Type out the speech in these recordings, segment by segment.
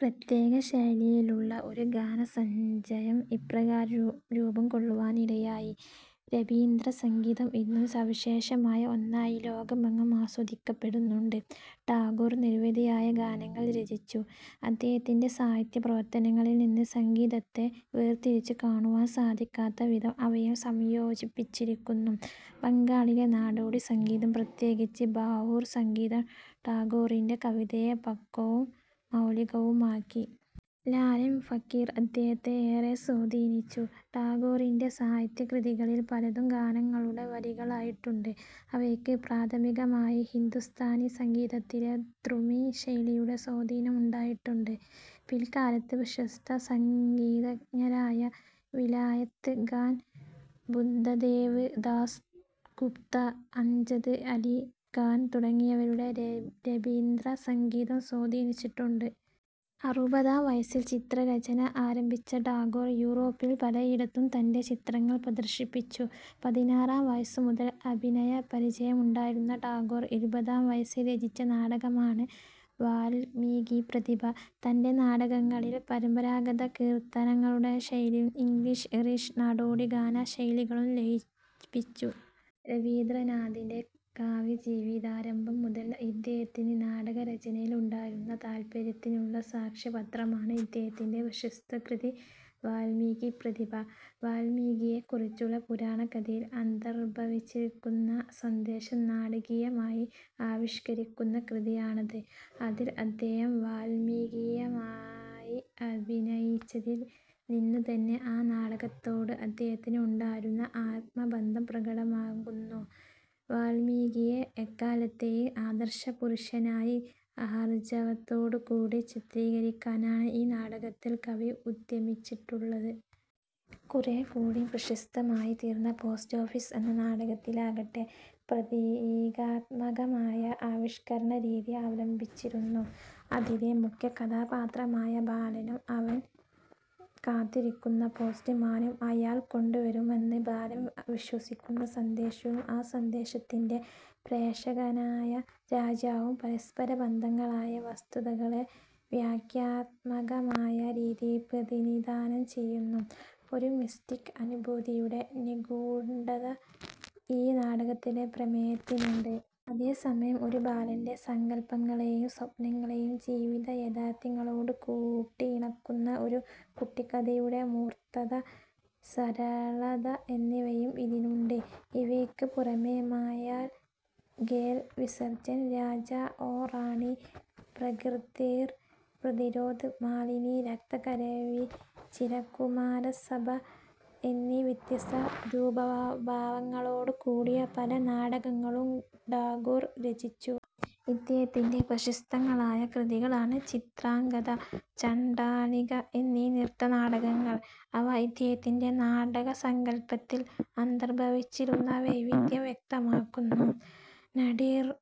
പ്രത്യേക ശൈലിയിലുള്ള ഒരു ഗാനസഞ്ചയം ഇപ്രകാരം രൂപം കൊള്ളുവാനിടയായി. രബീന്ദ്ര സംഗീതം ഇന്നും സവിശേഷമായ ഒന്നായി ലോകമെങ്ങും ആസ്വദിക്കപ്പെടുന്നുണ്ട്. ടാഗോർ നിരവധിയായ ഗാനങ്ങൾ രചിച്ചു. അദ്ദേഹത്തിൻ്റെ സാഹിത്യ പ്രവർത്തനങ്ങളിൽ നിന്ന് സംഗീതത്തെ വേർതിരിച്ചു കാണുവാൻ സാധിക്കാത്ത വിധം അവയെ സംയോജിപ്പിച്ചിരിക്കുന്നു. ബംഗാളിലെ നാടോടി സംഗീതം പ്രത്യേകിച്ച് ബാവുൾ സംഗീതം ടാഗോറിൻ്റെ കവിതയെ പക്വവും മൗലികവുമാക്കി. ലാലൻ ഫക്കീർ അദ്ദേഹത്തെ ഏറെ സ്വാധീനിച്ചു. ടാഗോറിൻ്റെ സാഹിത്യ കൃതികളിൽ പലതും ഗാനങ്ങളുടെ വരികളായിട്ടുണ്ട്. അവയ്ക്ക് പ്രാഥമികമായി ഹിന്ദുസ്ഥാനി സംഗീതത്തിലെ തുമ്രി ശൈലിയുടെ സ്വാധീനം ഉണ്ടായിട്ടുണ്ട്. പിൽക്കാലത്ത് പ്രശസ്ത സംഗീതജ്ഞരായ വിലായത്ത് ഖാൻ, ബുദ്ധദേവ് ദാസ് ഗുപ്ത, അംജദ് അലി ഖാൻ തുടങ്ങിയവരെ രബീന്ദ്ര സംഗീതം സ്വാധീനിച്ചിട്ടുണ്ട്. അറുപതാം വയസ്സിൽ ചിത്രരചന ആരംഭിച്ച ടാഗോർ, യൂറോപ്പിൽ പലയിടത്തും തൻ്റെ ചിത്രങ്ങൾ പ്രദർശിപ്പിച്ചു. പതിനാറാം വയസ്സു മുതൽ അഭിനയ പരിചയമുണ്ടായിരുന്ന ടാഗോർ, ഇരുപതാം വയസ്സിൽ രചിച്ച നാടകമാണ് "വാല്മീകി പ്രതിഭ". തൻ്റെ നാടകങ്ങളിൽ പരമ്പരാഗത കീർത്തനങ്ങളുടെ ശൈലിയും ഇംഗ്ലീഷ് ഐറിഷ് നാടോടി ഗാന ശൈലികളും ലയിപ്പിച്ചു. രബീന്ദ്രനാഥിൻ്റെ കാവ്യജീവിതാരംഭം മുതൽ ഇദ്ദേഹത്തിന് നാടകരചനയിൽ ഉണ്ടായിരുന്ന താല്പര്യത്തിനുള്ള സാക്ഷ്യപത്രമാണ് ഇദ്ദേഹത്തിൻ്റെ പ്രശസ്തകൃതി വാല്മീകി പ്രതിഭ. വാല്മീകിയെക്കുറിച്ചുള്ള പുരാണകഥയിൽ അന്തർഭവിച്ചിരിക്കുന്ന സന്ദേശം നാടകീയമായി ആവിഷ്കരിക്കുന്ന കൃതിയാണത്. അതിൽ അദ്ദേഹം വാല്മീകിയായി അഭിനയിച്ചതിൽ നിന്നുതന്നെ ആ നാടകത്തോട് അദ്ദേഹത്തിന് ഉണ്ടായിരുന്ന ആത്മബന്ധം പ്രകടമാകുന്നു. വാല്മീകിയെ എക്കാലത്തെയും ആദർശപുരുഷനായി ആർജവത്തോടുകൂടി ചിത്രീകരിക്കാനാണ് ഈ നാടകത്തിൽ കവി ഉദ്യമിച്ചിട്ടുള്ളത്. കുറേക്കൂടി പ്രശസ്തമായിത്തീർന്ന പോസ്റ്റ് ഓഫീസ് എന്ന നാടകത്തിലാകട്ടെ, പ്രതീകാത്മകമായ ആവിഷ്കരണരീതി അവലംബിച്ചിരിക്കുന്നു. അതിലെ മുഖ്യകഥാപാത്രമായ ബാലനും അവൻ കാത്തിരിക്കുന്ന പോസ്റ്റുമാനും അയാൾ കൊണ്ടുവരുമെന്ന് ബാലൻ വിശ്വസിക്കുന്ന സന്ദേശവും ആ സന്ദേശത്തിൻ്റെ പ്രേഷകനായ രാജാവും പരസ്പരബദ്ധങ്ങളായ വസ്തുതകളെ വ്യംഗ്യാത്മകമായ രീതിയിൽ പ്രതിനിധാനം ചെയ്യുന്നു. ഒരു മിസ്റ്റിക് അനുഭൂതിയുടെ നിഗൂഢത ഈ നാടകത്തിലെ പ്രമേയത്തിനുണ്ട്. അതേസമയം ഒരു ബാലൻ്റെ സങ്കല്പങ്ങളെയും സ്വപ്നങ്ങളെയും ജീവിത യാഥാർഥ്യങ്ങളോട് കൂട്ടിയിണക്കുന്ന ഒരു കുട്ടിക്കഥയുടെ മൂർത്തത, സരളത എന്നിവയും ഇതിനുണ്ട്. ഇവയ്ക്ക് പുറമേ മായാർ ഖേൽ, വിസർജൻ, രാജാ ഓ റാണി, പ്രകൃതീർ പ്രതിരോധ്, മാലിനി, രക്തകരവി, ചിരകുമാരസഭാ എന്നീ വ്യത്യസ്ത രൂപഭാവങ്ങളോട് കൂടിയ പല നാടകങ്ങളും ടാഗോർ രചിച്ചു. ഇദ്ദേഹത്തിൻ്റെ പ്രശസ്തങ്ങളായ കൃതികളാണ് ചിത്രാംഗദ, ചണ്ഡാലിക എന്നീ നൃത്തനാടകങ്ങൾ. അവ ഇദ്ദേഹത്തിൻ്റെ നാടകസങ്കല്പത്തിൽ അന്തർഭവിച്ചിരുന്ന വൈവിധ്യം വ്യക്തമാക്കുന്നു. നടീർപൂജ,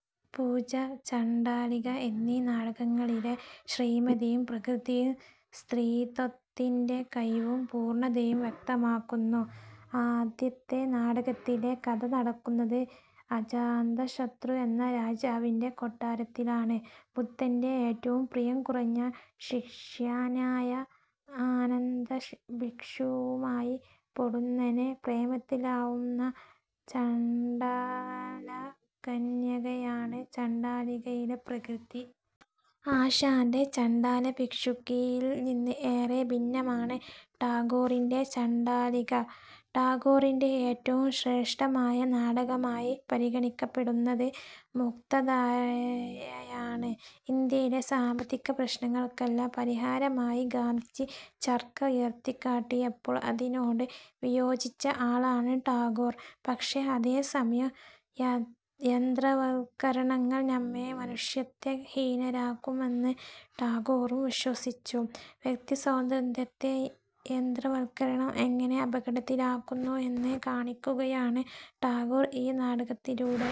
ചണ്ഡാലിക എന്നീ നാടകങ്ങളിലെ ശ്രീമതിയും പ്രകൃതിയും സ്ത്രീത്വത്തിൻ്റെ കഴിവും പൂർണതയും വ്യക്തമാക്കുന്നു. ആദ്യത്തെ നാടകത്തിലെ കഥ നടക്കുന്നത് അജാതശത്രു എന്ന രാജാവിൻ്റെ കൊട്ടാരത്തിലാണ്. ബുദ്ധൻ്റെ ഏറ്റവും പ്രിയം കുറഞ്ഞ ശിഷ്യനായ ആനന്ദഭിക്ഷുവുമായി പൊടുന്നനെ പ്രേമത്തിലാവുന്ന ചണ്ഡാലകന്യകയാണ് ചണ്ഡാലികയിലെ പ്രകൃതി. ആശാൻ്റെ ചണ്ഡാലഭിക്ഷുകിയിൽ നിന്ന് ഏറെ ഭിന്നമാണ് ടാഗോറിൻ്റെ ചണ്ഡാലിക. ടാഗോറിൻ്റെ ഏറ്റവും ശ്രേഷ്ഠമായ നാടകമായി പരിഗണിക്കപ്പെടുന്നത് മുക്തധാരയാണ്. ഇന്ത്യയുടെ സാമ്പത്തിക പ്രശ്നങ്ങൾക്കെല്ലാം പരിഹാരമായി ഗാന്ധിജി ചർക്ക ഉയർത്തിക്കാട്ടിയപ്പോൾ അതിനോട് വിയോജിച്ച ആളാണ് ടാഗോർ. പക്ഷേ, അതേസമയം, യന്ത്രവത്കരണങ്ങൾ നമ്മെ മനുഷ്യത്വഹീനരാക്കുമെന്ന് ടാഗോറും വിശ്വസിച്ചു. വ്യക്തിസ്വാതന്ത്ര്യത്തെ യന്ത്രവത്കരണം എങ്ങനെ അപകടത്തിലാക്കുന്നു എന്ന് കാണിക്കുകയാണ് ടാഗോർ ഈ നാടകത്തിലൂടെ.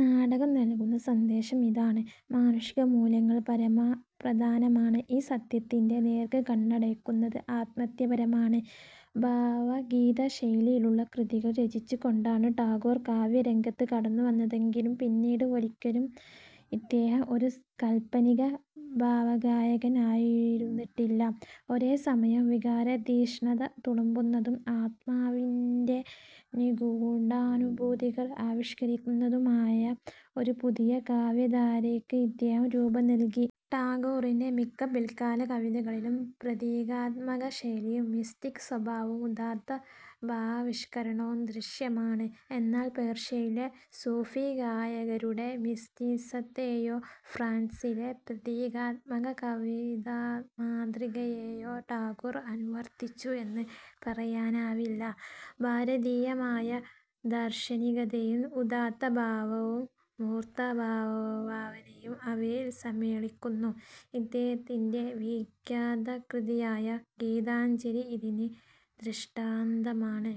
നാടകം നൽകുന്ന സന്ദേശം ഇതാണ്, മാനുഷികമൂല്യങ്ങൾ പരമപ്രധാനമാണ്, ഈ സത്യത്തിൻ്റെ നേർക്ക് കണ്ണടയ്ക്കുന്നത് ആത്മഹത്യാപരമാണ്. ഭാവഗീത ശൈലിയിലുള്ള കൃതികൾ രചിച്ചു കൊണ്ടാണ് ടാഗോർ കാവ്യരംഗത്ത് കടന്നുവന്നതെങ്കിലും പിന്നീട് ഒരിക്കലും ഇദ്ദേഹം ഒരു കാൽപ്പനിക ഭാവഗായകൻ ആയിരുന്നിട്ടില്ല. ഒരേസമയം വികാരതീക്ഷ്ണത തുളുമ്പുന്നതും ആത്മാവിൻ്റെ നിഗൂഢാനുഭൂതികൾ ആവിഷ്കരിക്കുന്നതുമായ ഒരു പുതിയ കാവ്യധാരയ്ക്ക് ഇദ്ദേഹം രൂപം നൽകി. ടാഗോറിൻ്റെ മിക്ക പിൽക്കാല കവിതകളിലും പ്രതീകാത്മക ശൈലിയും മിസ്റ്റിക് സ്വഭാവവും ഉദാത്ത ഭാവാവിഷ്കരണവും ദൃശ്യമാണ്. എന്നാൽ പേർഷ്യയിലെ സൂഫിഗായകരുടെ മിസ്റ്റിസിസത്തെയോ ഫ്രാൻസിലെ പ്രതീകാത്മക കവിതാമാതൃകയെയോ ടാഗോർ അനുവർത്തിച്ചു എന്ന് പറയാനാവില്ല. ഭാരതീയമായ ദാർശനികതയും ഉദാത്ത ഭാവവും മൂർത്തഭാവനയും അവയിൽ സമ്മേളിക്കുന്നു. ഇദ്ദേഹത്തിൻ്റെ വിഖ്യാത കൃതിയായ ഗീതാഞ്ജലി ഇതിന് ദൃഷ്ടാന്തമാണ്.